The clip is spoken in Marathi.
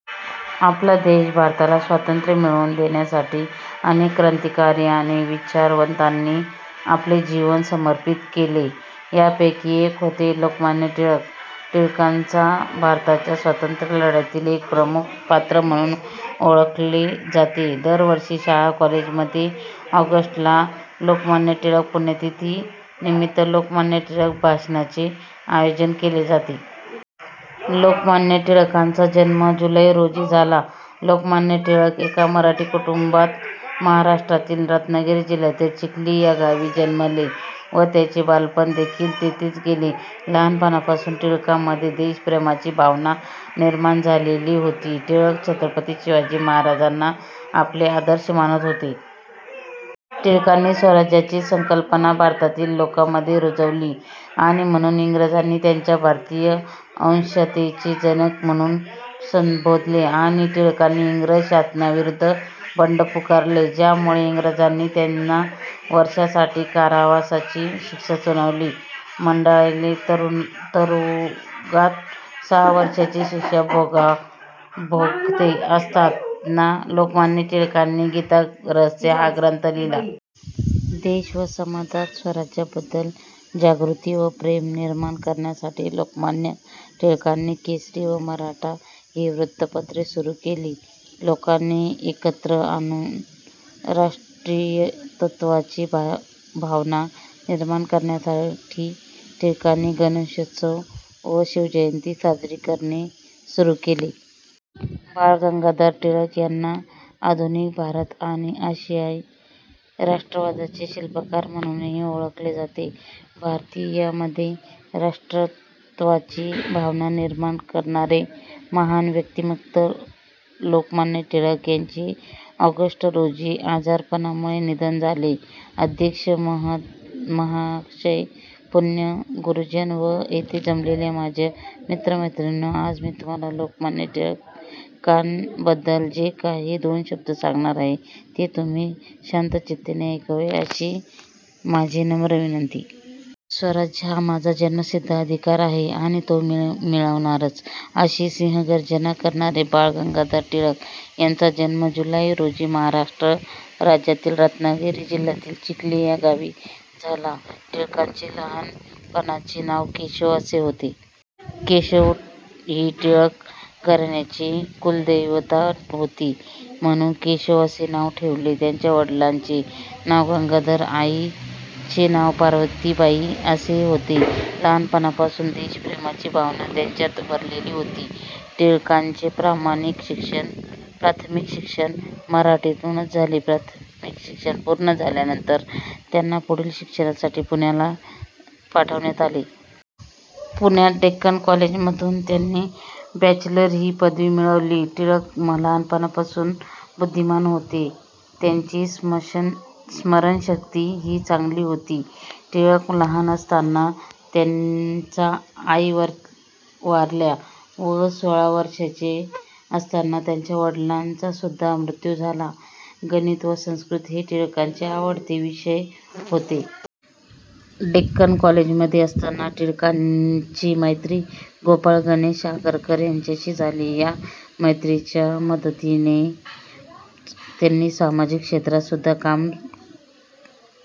: आपला देश भारताला स्वतंत्र मिळवून देण्यासाठी अनेक क्रांतिकारी आणि विचारवंतांनी आपले जीवन समर्पित केले. यापैकीच एक होते लोकमान्य टिळक. टिळकांना भारताच्या स्वतंत्र लढ्यातील एक प्रमुख पात्र म्हणून ओळखले जाते. दरवर्षी शाळा-कॉलेज मध्ये ऑगस्ट ला लोकमान्य टिळक पुण्यतिथि निमित्त लोकमान्य टिळक भाषणाचे आयोजन केले जाते. लोकमान्य टिळकांचा जन्म जुलै रोजी झाला. लोकमान्य टिळक एका मराठी कुटुंबात महाराष्ट्रातील रत्नागिरी जिल्ह्यातील चिखली या गावी जन्मले व त्यांचे बालपण देखील येथेच गेले. लहानपणापासून टिळकांमध्ये देशप्रेमाची भावना निर्माण झालेली होती. टिळक छत्रपती शिवाजी महाराजांना आपले आदर्श मानत असत. टिळकांनी स्वराज्याची संकल्पना भारतातील लोकांमध्ये रुजवली आणि म्हणून इंग्रजांनी त्यांना 'भारतीय अशांततेचे जनक' म्हणून संबोधले आणि टिळकांनी इंग्रज शासनाविरुद्ध बंड पुकारले, ज्यामुळे इंग्रजांनी त्यांना वर्षासाठी कारावासाची शिक्षा सुनावली. मंडालेच्या तुरुंगात सहा वर्षाची शिक्षा भोगत असताना लोकमान्य टिळकांनी 'गीतारहस्य' हा ग्रंथ लिहिला. देश व समाजात स्वराज्याबद्दल जागृती व प्रेम निर्माण करण्यासाठी लोकमान्य टिळकांनी केसरी व मराठा ही वृत्तपत्र सुरू केली. लोकांना एकत्र आणून राष्ट्रीयत्वाची भावना निर्माण करण्यासाठी टिळकांनी गणेशोत्सव व शिवजयंती साजरी करणे सुरू केले. बाळ गंगाधर टिळक यांना आधुनिक भारत आणि आशियाई राष्ट्रवादाचे शिल्पकार म्हणूनही ओळखले जाते. भारतीयांमध्ये राष्ट्रीयत्वाची भावना निर्माण करणारे महान व्यक्तिमत्व लोकमान्य टिळक यांचे ऑगस्ट रोजी आजारपणामुळे निधन झाले. अध्यक्ष महाशय पूज्य गुरुजन व येथे जमलेल्या माझ्या मित्र-मैत्रिणींनो आज मी तुम्हाला लोकमान्य टिळकांन बद्दल जे काही दोन शब्द सांगणार आहे ते तुम्ही शांतचित्ताने ऐकावे अशी माझी नम्र विनंती. स्वराज्य हा माझा जन्मसिद्ध हक्क आहे आणि तो मी मिळवणारच अशी सिंहगर्जना करणारे बाळ गंगाधर टिळक यांचा जन्म जुलाई रोजी महाराष्ट्र राज्यातल्या रत्नागिरी जिल्ह्यातील चिखली या गावी झाला. टिळकांचे लहान पणाचे नाव केशव असे होते. केशव ही टिळक घराण्याची कुलदेवता होती म्हणून केशव असे नाव ठेवले. त्यांच्या वडिलांचे नाव गंगाधर आणि आईचे नाव पार्वतीबाई असे होते. लहानपणापासून देशप्रेमाची भावना त्यांच्यात भरलेली होती. टिळकांचे प्राथमिक शिक्षण मराठीतूनच झाले. प्राथमिक शिक्षण पूर्ण झाल्यावर त्यांना पुढील शिक्षणासाठी पुण्याला पाठवण्यात आले. पुण्याच्या डेक्कन कॉलेजमधून त्यांनी बॅचलर ची पदवी मिळवली. टिळक लहानपणापासून बुद्धिमान होते त्यांची स्मरणशक्ती ही चांगली होती. टिळक लहान असतानाच त्यांचा आई वारल्या व सोळा वर्षाचे असतानाच त्यांच्या वडिलांचा सुद्धा मृत्यू झाला. गणित व संस्कृत हे टिळकांचे आवडते विषय होते. डेक्कन कॉलेजमध्ये असतानाच टिळकांची मैत्री गोपाळ गणेश आगरकर यांच्याशी झाली. या मैत्रीच्या मदतीनेच त्यांनी सामाजिक क्षेत्रात सुद्धा काम